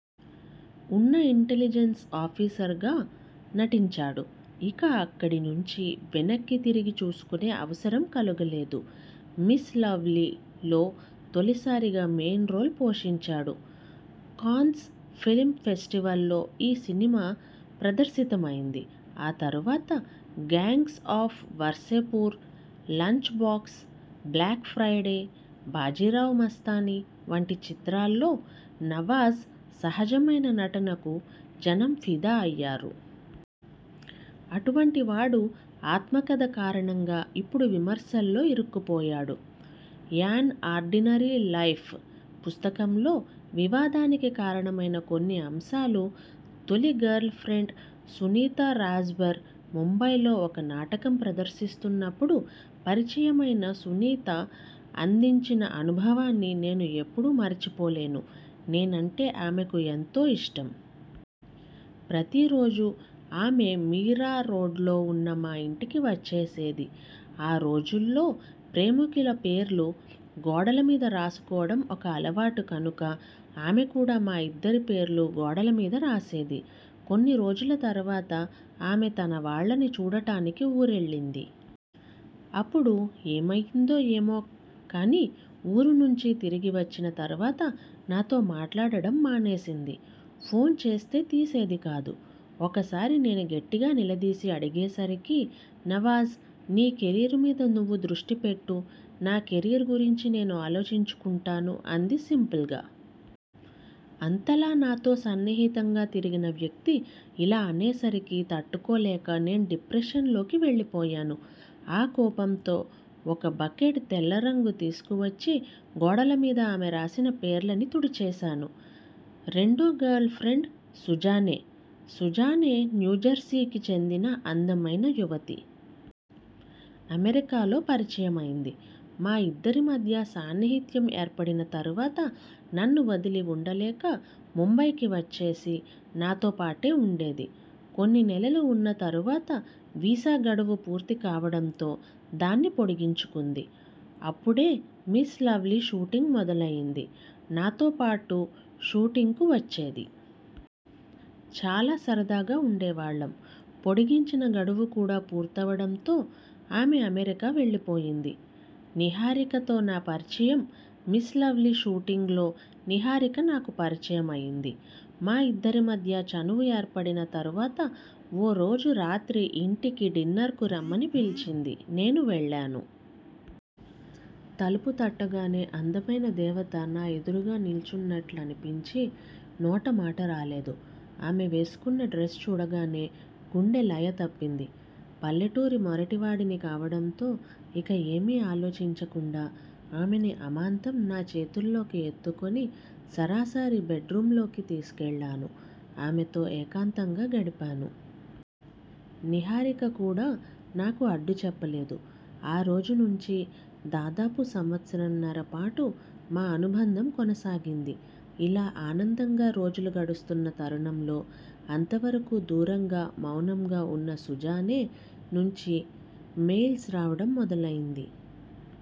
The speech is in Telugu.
ఉన్న ఇంటెలిజెన్స్ ఆఫీసర్గా నటించాడు. ఇక అక్కడి నుంచి వెనక్కి తిరిగి చూసుకొనే అవసరం కలగలేదు.. 'మిస్ లవ్లీ' లో తొలిసారిగా మెయిన్ రోల్ పోషించాడు. కాన్స్ ఫిల్మ్ ఫెస్టివల్లో ఈ సినిమా ప్రదర్శితమైంది. ఆ తర్వాత 'gangs of Wasseypur 'lunch box', 'black Friday', 'Bajirao Mastani' వంటి చిత్రాల్లో నవాజ్ సహజమైన నటనకు జనం ఫిదా అయ్యారు. అటువంటి వాడు ఆత్మకథ కారణంగా ఇప్పుడు విమర్శల్లో ఇరుక్కుపోయాడు. 'యాన్ ఆర్డినరీ లైఫ్' పుస్తకంలో వివాదానికి కారణమైన కొన్ని అంశాలు తొలి గర్ల్ ఫ్రెండ్ సునీతా రాజ్వర్ ముంబైలో ఒక నాటకం ప్రదర్శిస్తున్పప్పుడు పరిచయమైన సునీత అందించిన అనుభవాన్ని నేను ఎప్పుడూ మరిచిపోలేను. నేనంటే ఆమెకు ఎంతో ఇష్టం. ప్రతి రోజూ ఆమె మీరా రోడ్లో ఉన్న మా ఇంటికి వచ్చేసేది. ఆ రోజుల్లో ప్రేమికుల పేర్లు గోడల మీద రాసుకోవడం ఒక అలవాటు కనుక ఆమె కూడా మా ఇద్దరి పేర్లు గోడల మీద రాసేది. కొన్ని రోజుల తర్వాత ఆమె తన వాళ్లని చూడటానికి ఊరెళ్లింది. అప్పుడు ఏమయిందో ఏమో కానీ ఊరు నుంచి తిరిగి వచ్చిన తర్వాత నాతో మాట్లాడటం మానేసింది. ఫోస్ చేస్తే తీసేది కాదు. ఒకసారి నేను గట్టిగా నిలదీసి అడిగేసరికి 'నవాజ్! నీ కెరీర్ మీద నువ్వు దృష్టి పెట్టు, నా కెరీర్ గురించి నేను ఆలోచించుకుంటాను' అంది సింపుల్గా. అంతలా నాతో సన్నిహితంగా తిరిగిన వ్యక్తి ఇలా అనేసరికి తట్టుకోలేక నేను డిప్రెషన్లోకి వెళ్లిపోయాను. ఆ కోపంతో ఓ బకెట్ తెల్ల రంగు తీసుకువచ్చి గోడల మీద ఆమె రాసిన పేర్లని తుడిచేశాను. రెండో గర్ల్ ఫ్రెండ్ సుజానే. సుజానే న్యూజెర్సీకి చెందిన అందమైన యువతి. అమెరికాలో పరిచయమైంది. మా ఇద్దరి మధ్య సాన్నిహిత్యం ఏర్పడిన తర్వాత నన్ను వదిలి ఉండలేక ముంబైకి వచ్చేసి నాతో పాటే ఉండేది. కొన్ని నెలలు ఉన్న తర్వాత వీసా గడువు పూర్తి కావడంతో దాన్ని పొడిగించుకుంది. అప్పుడే 'మిస్ లవ్లీ' షూటింగ్ మొదలైంది. నాతో పాటు షూటింగ్కు వచ్చేది. చాలా సరదాగా ఉండేవాళ్లం. పొడిగించిన గడువు కూడా పూర్తవడంతో ఆమె అమెరికా వెళ్లిపోయింది. నిహారికతో నా పరిచయం'మిస్ లవ్లీ' షూటింగ్లో నిహారిక నాకు పరిచయమైంది. మా ఇద్దరి మధ్య చనువు ఏర్పడిన తర్వాత ఓ రోజు రాత్రి ఇంటికి డిన్నర్కు రమ్మని పిలిచింది. నేను వెళ్లాను. తలుపు తట్టగానే అందమైన దేవత నా ఎదురుగా నిలుచున్నట్లనిపించి నోట మాటరాలేదు. ఆమె వేసుకొన్న డ్రస్ చూడగానే గుండె లయ తప్పింది. పల్లెటూరి మొరటివాడిని కావడంతో ఇక ఏమీ ఆలోచించకుండా ఆమెని అమాంతం నా చేతుల్లోకి ఎత్తుకొని సరాసరి బెడ్రూమ్లోకి తీసుకెళ్లాను. ఆమెతో ఏకాంతంగా గడిపాను. నిహారిక కూడా నాకు అడ్డు చెప్పలేదు. ఆ రోజు నుంచి దాదాపు సంవత్సరన్నర పాటు మా అనుబంధం కొనసాగింది. ఇలా ఆనందంగా రోజులు గడుస్తున్న తరుణంలో అంతవరకూ దూరంగా, మౌనంగా ఉన్న సుజానే నుంచి మెయిల్స్ రావడం మొదలైంది.